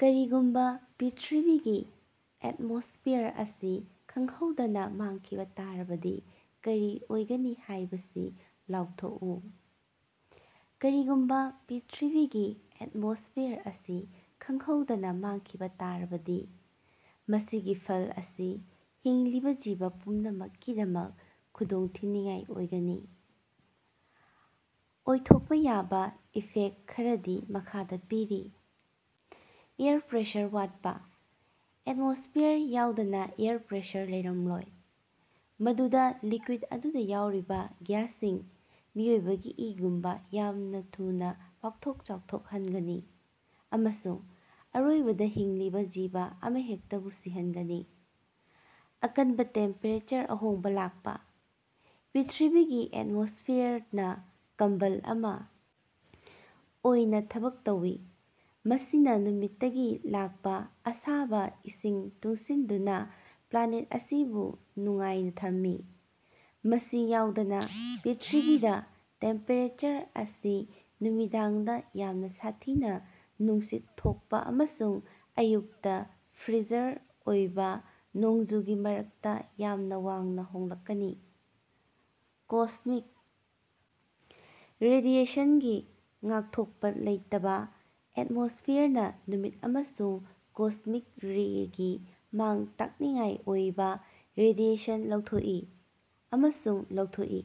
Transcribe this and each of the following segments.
ꯀꯔꯤꯒꯨꯝꯕ ꯄ꯭ꯔꯤꯊꯤꯕꯤꯒꯤ ꯑꯦꯠꯃꯣꯁꯐꯤꯌꯔ ꯑꯁꯤ ꯈꯪꯍꯧꯗꯅꯥ ꯃꯥꯡꯈꯤꯕ ꯇꯥꯔꯕꯗꯤ ꯀꯔꯤ ꯑꯣꯏꯒꯅꯤ ꯍꯥꯏꯕꯁꯤ ꯂꯥꯎꯊꯣꯛꯎ꯫ ꯀꯔꯤꯒꯨꯝꯕ ꯄ꯭ꯔꯤꯊꯤꯕꯤꯒꯤ ꯑꯦꯠꯃꯣꯁꯐꯤꯌꯔ ꯑꯁꯤ ꯈꯪꯍꯧꯗꯅꯥ ꯃꯥꯡꯈꯤꯕ ꯇꯥꯔꯕꯗꯤ, ꯃꯁꯤꯒꯤ ꯐꯜ ꯑꯁꯤ ꯍꯤꯡꯂꯤꯕ ꯖꯤꯕ ꯄꯨꯝꯅꯃꯛꯀꯤꯗꯃꯛ ꯈꯨꯗꯣꯡꯊꯤꯅꯤꯉꯥꯏ ꯑꯣꯏꯒꯅꯤ꯫ ꯑꯣꯏꯊꯣꯛꯄ ꯌꯥꯕ ꯏꯐꯦꯛꯇ ꯈꯔꯗꯤ ꯃꯈꯥꯗ ꯄꯤꯔꯤ - ꯑꯦꯌꯔ ꯄ꯭ꯔꯦꯁꯔ ꯋꯥꯠꯄ -ꯑꯦꯠꯃꯣꯁꯐꯤꯌꯔ ꯌꯥꯎꯗꯅ ꯑꯦꯌꯔ ꯄ꯭ꯔꯦꯁꯔ ꯂꯩꯔꯝꯂꯣꯏ, ꯃꯗꯨꯅ ꯂꯤꯀ꯭ꯌꯤꯠ ꯑꯗꯨꯗ ꯌꯥꯎꯔꯤꯕ ꯒ꯭ꯌꯥꯁꯁꯤꯡ, ꯃꯤꯑꯣꯏꯕꯒꯤ ꯏꯒꯨꯝꯕ ꯌꯥꯝꯅ ꯊꯨꯅ ꯄꯥꯛꯊꯣꯛ-ꯆꯥꯎꯊꯣꯛꯍꯟꯒꯅꯤ ꯑꯃꯁꯨꯡ ꯑꯔꯣꯏꯕꯗ ꯍꯤꯡꯂꯤꯕ ꯖꯤꯕ ꯑꯃꯍꯦꯛꯇꯕꯨ ꯁꯤꯍꯟꯒꯅꯤ꯫ ꯑꯀꯟꯕ ꯇꯦꯝꯄꯦꯔꯦꯆꯔꯗ ꯑꯍꯣꯡꯕ ꯂꯥꯛꯄ - ꯄ꯭ꯔꯤꯊꯤꯕꯤꯒꯤ ꯑꯦꯠꯃꯣꯁꯐꯤꯌꯔꯅꯥ ꯀꯝꯕꯜ ꯑꯃ ꯑꯣꯏꯅ ꯊꯕꯛ ꯇꯧꯏ, ꯃꯁꯤꯅ ꯅꯨꯃꯤꯠꯇꯒꯤ ꯂꯥꯛꯄ ꯑꯁꯥꯕꯥ ꯏꯁꯤꯡ ꯇꯨꯡꯁꯤꯟꯗꯨꯅ ꯄ꯭ꯂꯥꯅꯦꯠ ꯑꯁꯤꯕꯨ ꯅꯨꯡꯉꯥꯏꯅ ꯊꯝꯃꯤ꯫ ꯃꯁꯤ ꯌꯥꯎꯗꯅ, ꯄ꯭ꯔꯤꯊꯤꯕꯤꯗꯥ ꯇꯦꯝꯄꯦꯔꯦꯆꯔ ꯑꯁꯤ ꯅꯨꯃꯤꯗꯥꯡꯗ ꯌꯥꯝꯅ ꯁꯥꯊꯤꯅ ꯅꯨꯡꯁꯤꯠ ꯊꯣꯛꯄ ꯑꯃꯁꯨꯡ ꯑꯌꯨꯛꯇ ꯐ꯭ꯔꯤꯖꯔ ꯑꯣꯏꯕ ꯅꯣꯡꯖꯨꯒꯤ ꯃꯔꯛꯇ ꯌꯥꯝꯅ ꯋꯥꯡꯅ ꯍꯣꯡꯂꯛꯀꯅꯤ꯫ ꯀꯣꯁ꯭ꯃꯤꯛ ꯔꯦꯗꯤꯑꯦꯁꯟꯗꯒꯤ ꯉꯥꯛꯊꯣꯛꯄ ꯂꯩꯇꯕꯥ - ꯑꯦꯠꯃꯣꯁꯐꯤꯌꯔꯅꯥ ꯅꯨꯃꯤꯠ ꯑꯃꯁꯨꯡ ꯀꯣꯁ꯭ꯃꯤꯛ ꯔꯦꯗꯒꯤ ꯃꯥꯡ-ꯇꯥꯛꯅꯤꯡꯉꯥꯏ ꯑꯣꯏꯕ ꯔꯦꯗꯤꯑꯦꯁꯟ ꯂꯧꯊꯣꯛꯏ ꯑꯃꯁꯨꯡ ꯂꯧꯊꯣꯛꯏ꯫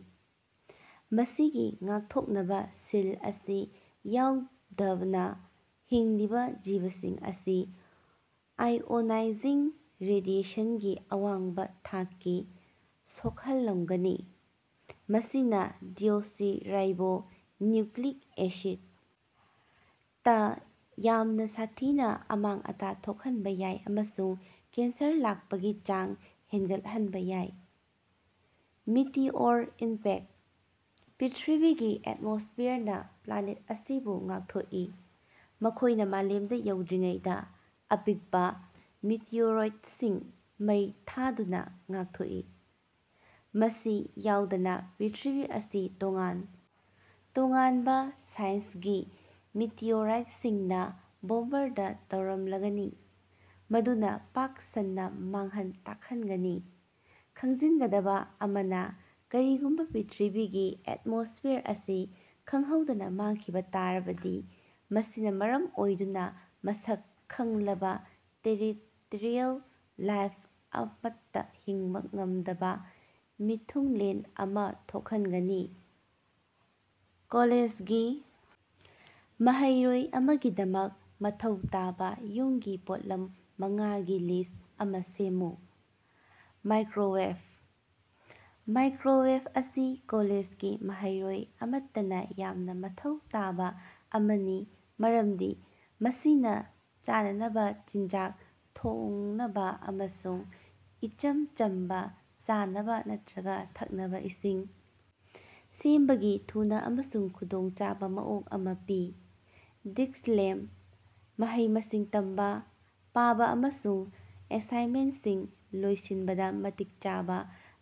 ꯃꯁꯤꯒꯤ ꯉꯥꯛꯊꯣꯛꯅꯕꯥ ꯁꯤꯜ ꯑꯁꯤ ꯌꯥꯎꯗꯅꯥ ꯍꯤꯡꯂꯤꯕ ꯖꯤꯕꯁꯤꯡ ꯑꯁꯤ ꯑꯥꯏꯑꯣꯅꯥꯏꯖꯤꯡ ꯔꯦꯗꯤꯑꯦꯁꯟꯒꯤ ꯑꯋꯥꯡꯕ ꯊꯥꯛꯀꯤ ꯁꯣꯛꯍꯜꯂꯝꯒꯅꯤ, ꯃꯁꯤꯅ ꯗꯤꯑꯣꯛꯁꯤ ꯔꯥꯏꯕꯣ ꯅ꯭ꯌꯨꯀ꯭ꯂꯤꯛ ꯑꯦꯁꯤꯠ ꯇꯥ ꯌꯥꯝꯅ ꯁꯥꯊꯤꯅ ꯑꯃꯥꯡ-ꯑꯇꯥ ꯊꯣꯛꯍꯟꯕ ꯌꯥꯏ ꯑꯃꯁꯨꯡ ꯀꯦꯟꯁꯔ ꯂꯥꯛꯄꯒꯤ ꯆꯥꯡ ꯍꯦꯟꯒꯠꯍꯟꯕ ꯌꯥꯏ꯫ ꯃꯤꯇꯤꯑꯣꯔ ꯏꯝꯄꯦꯛꯇ - ꯄ꯭ꯔꯤꯊꯤꯕꯤꯒꯤ ꯑꯦꯠꯃꯣꯁꯐꯤꯌꯔꯅꯥ ꯄ꯭ꯂꯥꯅꯦꯠ ꯑꯁꯤꯕꯨ ꯉꯥꯛꯊꯣꯛꯏ, ꯃꯈꯣꯏꯅ ꯃꯥꯂꯦꯝꯗ ꯌꯧꯗ꯭ꯔꯤꯉꯩꯗ ꯑꯄꯤꯛꯄ ꯃꯤꯇꯤꯑꯣꯔꯣꯏꯗꯁꯤꯡ ꯃꯩ ꯊꯥꯗꯨꯅ ꯉꯥꯛꯊꯣꯛꯏ꯫ ꯃꯁꯤ ꯌꯥꯎꯗꯅ ꯄ꯭ꯔꯤꯊꯤꯕꯤ ꯑꯁꯤ ꯇꯣꯉꯥꯟ ꯇꯣꯉꯥꯟꯕ ꯁꯥꯏꯖꯒꯤ ꯃꯤꯇꯤꯑꯣꯔꯥꯏꯠꯁꯤꯡꯅ ꯕꯣꯝꯕꯔꯗ ꯇꯧꯔꯝꯂꯒꯅꯤ, ꯃꯗꯨꯅ ꯄꯥꯛ ꯁꯟꯅ ꯃꯥꯡꯍꯟ ꯇꯥꯛꯍꯟꯒꯅꯤ꯫ ꯈꯪꯖꯤꯟꯒꯗꯕ ꯑꯃꯅꯥ, ꯀꯔꯤꯒꯨꯝꯕ ꯄ꯭ꯔꯤꯊꯤꯕꯤꯒꯤ ꯑꯦꯠꯃꯣꯁꯐꯤꯌꯔ ꯑꯁꯤ ꯈꯪꯍꯧꯗꯅꯥ ꯃꯥꯡꯈꯤꯕ ꯇꯥꯔꯕꯗꯤ, ꯃꯁꯤꯅ ꯃꯔꯝ ꯑꯣꯏꯗꯨꯅ ꯃꯁꯛ ꯈꯪꯂꯕꯥ ꯇꯦꯔꯦꯁꯇ꯭ꯔꯤꯌꯜ ꯂꯥꯏꯐ ꯑꯃꯠꯇ ꯍꯤꯡꯕ ꯉꯝꯗꯕꯥ ꯃꯤꯊꯨꯡꯂꯦꯟ ꯑꯃ ꯊꯣꯛꯍꯟꯒꯅꯤ꯫ ꯀꯣꯂꯦꯖꯒꯤ ꯃꯍꯩꯔꯣꯏ ꯑꯃꯒꯤꯗꯃꯛ ꯃꯊꯧ ꯇꯥꯕ ꯌꯨꯝꯒꯤ ꯄꯣꯠꯂꯝ ꯃꯉꯥꯒꯤ ꯂꯤꯁ꯭ꯠ ꯑꯃ ꯁꯦꯝꯃꯨ꯫ ꯃꯥꯏꯀ꯭ꯔꯣꯋꯦꯕ - ꯃꯥꯏꯀ꯭ꯔꯣꯋꯦꯕ ꯑꯁꯤ ꯀꯣꯂꯦꯖꯒꯤ ꯃꯍꯩꯔꯣꯏ ꯑꯃꯠꯇꯅ ꯌꯥꯝꯅ ꯃꯊꯧ ꯇꯥꯕ ꯑꯃꯅꯤ ꯃꯔꯝꯗꯤ ꯃꯁꯤꯅ ꯆꯥꯅꯕꯥ ꯆꯤꯟꯖꯥꯛ ꯊꯣꯡꯅꯕꯥ ꯑꯃꯁꯨꯡ ꯏꯆꯝ ꯆꯝꯕꯥ ꯆꯥꯅꯕꯥ ꯅꯠꯇꯔꯒ ꯊꯛꯅꯕ ꯏꯁꯤꯡ ꯁꯦꯝꯕꯒꯤ ꯊꯨꯅ ꯑꯃꯁꯨꯡ ꯈꯨꯗꯣꯡꯆꯥꯕ ꯃꯑꯣꯡ ꯑꯃ ꯄꯤ꯫ ꯗꯦꯁ꯭ꯛ ꯂꯦꯝꯄ - ꯃꯍꯩ-ꯃꯁꯤꯡ ꯇꯝꯕ, ꯄꯥꯕ ꯑꯃꯁꯨꯡ ꯑꯦꯁꯥꯏꯟꯃꯦꯟꯇꯁꯤꯡ ꯂꯣꯏꯁꯤꯅꯕꯗꯥ ꯃꯇꯤꯛ ꯆꯥꯕ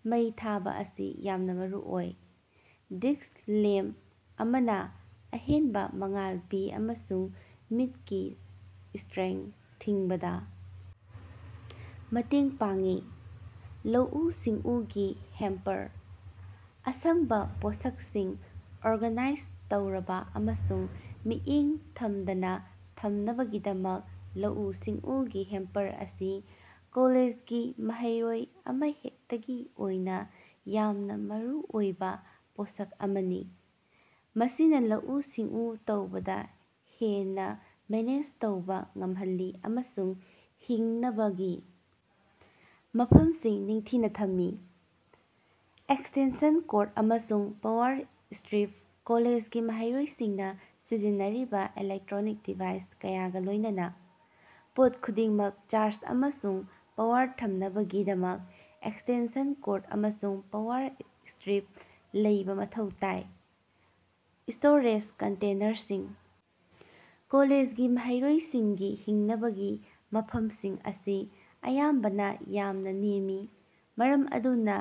ꯃꯩ ꯊꯥꯕ ꯑꯁꯤ ꯌꯥꯝꯅ ꯃꯔꯨꯑꯣꯏ꯫ ꯗꯦꯁ꯭ꯛ ꯂꯦꯝꯄ ꯑꯃꯅ ꯑꯍꯦꯟꯕ ꯃꯉꯥꯜ ꯄꯤ ꯑꯃꯁꯨꯡ ꯃꯤꯠꯀꯤ ꯁ꯭ꯇꯔꯦꯟ ꯊꯤꯡꯕꯗ ꯃꯇꯦꯡ ꯄꯥꯡꯏ꯫ ꯂꯧꯎ-ꯁꯤꯡꯎꯒꯤ ꯍꯦꯝꯄꯔ - ꯑꯁꯪꯕ ꯄꯣꯠꯁꯛꯁꯤꯡ ꯑꯣꯔꯒꯥꯅꯥꯏꯖ ꯇꯧꯔꯕ ꯑꯃꯁꯨꯡ ꯃꯤꯠꯌꯦꯡ ꯊꯝꯗꯅ ꯊꯝꯅꯕꯒꯤꯗꯃꯛ, ꯂꯧꯎ-ꯁꯤꯡꯎꯒꯤ ꯍꯦꯝꯄꯔ ꯑꯁꯤ ꯀꯣꯂꯦꯖꯒꯤ ꯃꯍꯩꯔꯣꯌ ꯑꯃꯍꯦꯛꯇꯒꯤ ꯑꯣꯏꯅ ꯌꯥꯝꯅ ꯃꯔꯨꯑꯣꯏꯕ ꯄꯣꯠꯁꯛ ꯑꯃꯅꯤ꯫ ꯃꯁꯤꯅ ꯂꯧꯎ-ꯁꯤꯡꯎ ꯇꯧꯕꯗ ꯍꯦꯟꯅ ꯃꯦꯅꯦꯖ ꯇꯧꯕ ꯉꯝꯍꯜꯂꯤ ꯑꯃꯁꯨꯡ ꯍꯤꯡꯅꯕꯒꯤ ꯃꯐꯝꯁꯤꯡ ꯅꯤꯡꯊꯤꯅ ꯊꯝꯃꯤ꯫ ꯑꯦꯛꯁꯇꯦꯟꯁꯟ ꯀꯣꯔꯗ ꯑꯃꯁꯨꯡ ꯄꯥꯋꯔ ꯁ꯭ꯇꯔꯤꯞ - ꯀꯣꯂꯦꯖꯒꯤ ꯃꯍꯩꯔꯣꯏꯁꯤꯡꯅ ꯁꯤꯖꯤꯟꯅꯔꯤꯕ ꯏꯂꯦꯛꯇ꯭ꯔꯣꯅꯤꯛ ꯗꯤꯚꯥꯏꯁ ꯀꯌꯥꯒ ꯂꯣꯏꯅꯅꯥ, ꯄꯣꯠ ꯈꯨꯗꯤꯡꯃꯛ ꯆꯥꯔꯖ ꯑꯃꯁꯨꯡ ꯄꯥꯋꯔ ꯊꯝꯅꯕꯒꯤꯗꯃꯛ ꯑꯦꯛꯁꯇꯦꯟꯁꯟ ꯀꯣꯔꯗ ꯑꯃꯁꯨꯡ ꯄꯥꯋꯔ ꯁ꯭ꯇꯔꯤꯞ ꯂꯩꯕ ꯃꯊꯧ ꯇꯥꯏ꯫ ꯁ꯭ꯇꯣꯔꯦꯖ ꯀꯟꯇꯦꯅꯔꯁꯤꯡ - ꯀꯣꯂꯦꯖꯒꯤ ꯃꯍꯩꯔꯣꯏꯁꯤꯡꯒꯤ ꯍꯤꯡꯅꯕꯒꯤ ꯃꯐꯝꯁꯤꯡ ꯑꯁꯤ ꯑꯌꯥꯝꯕꯅ ꯌꯥꯝꯅ ꯅꯦꯝꯃꯤ, ꯃꯔꯝ ꯑꯗꯨꯅ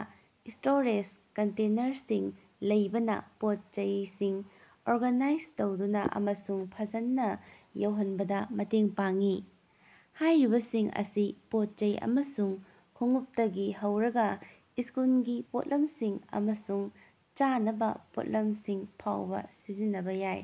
ꯁ꯭ꯇꯣꯔꯦꯖ ꯀꯟꯇꯦꯅꯔꯁꯤꯡ ꯂꯩꯕꯅ ꯄꯣꯠ-ꯆꯩꯁꯤꯡ ꯑꯣꯔꯒꯥꯅꯥꯏꯖ ꯇꯧꯗꯨꯅ ꯑꯃꯁꯨꯡ ꯐꯖꯅ ꯌꯧꯍꯟꯕꯗ ꯃꯇꯦꯡ ꯄꯥꯡꯏ꯫ ꯍꯥꯏꯔꯤꯕꯁꯤꯡ ꯑꯁꯤ ꯄꯣꯠ-ꯆꯩ ꯑꯃꯁꯨꯡ ꯈꯣꯡꯎꯞꯇꯒꯤ ꯍꯧꯔꯒꯥ ꯁ꯭ꯀꯨꯜꯒꯤ ꯄꯣꯠꯂꯝꯁꯤꯡ ꯑꯃꯁꯨꯡ ꯆꯥꯅꯕꯥ ꯄꯣꯠꯂꯝꯁꯤꯡ ꯐꯥꯎꯕ ꯁꯤꯖꯤꯟꯅꯕ ꯌꯥꯏ꯫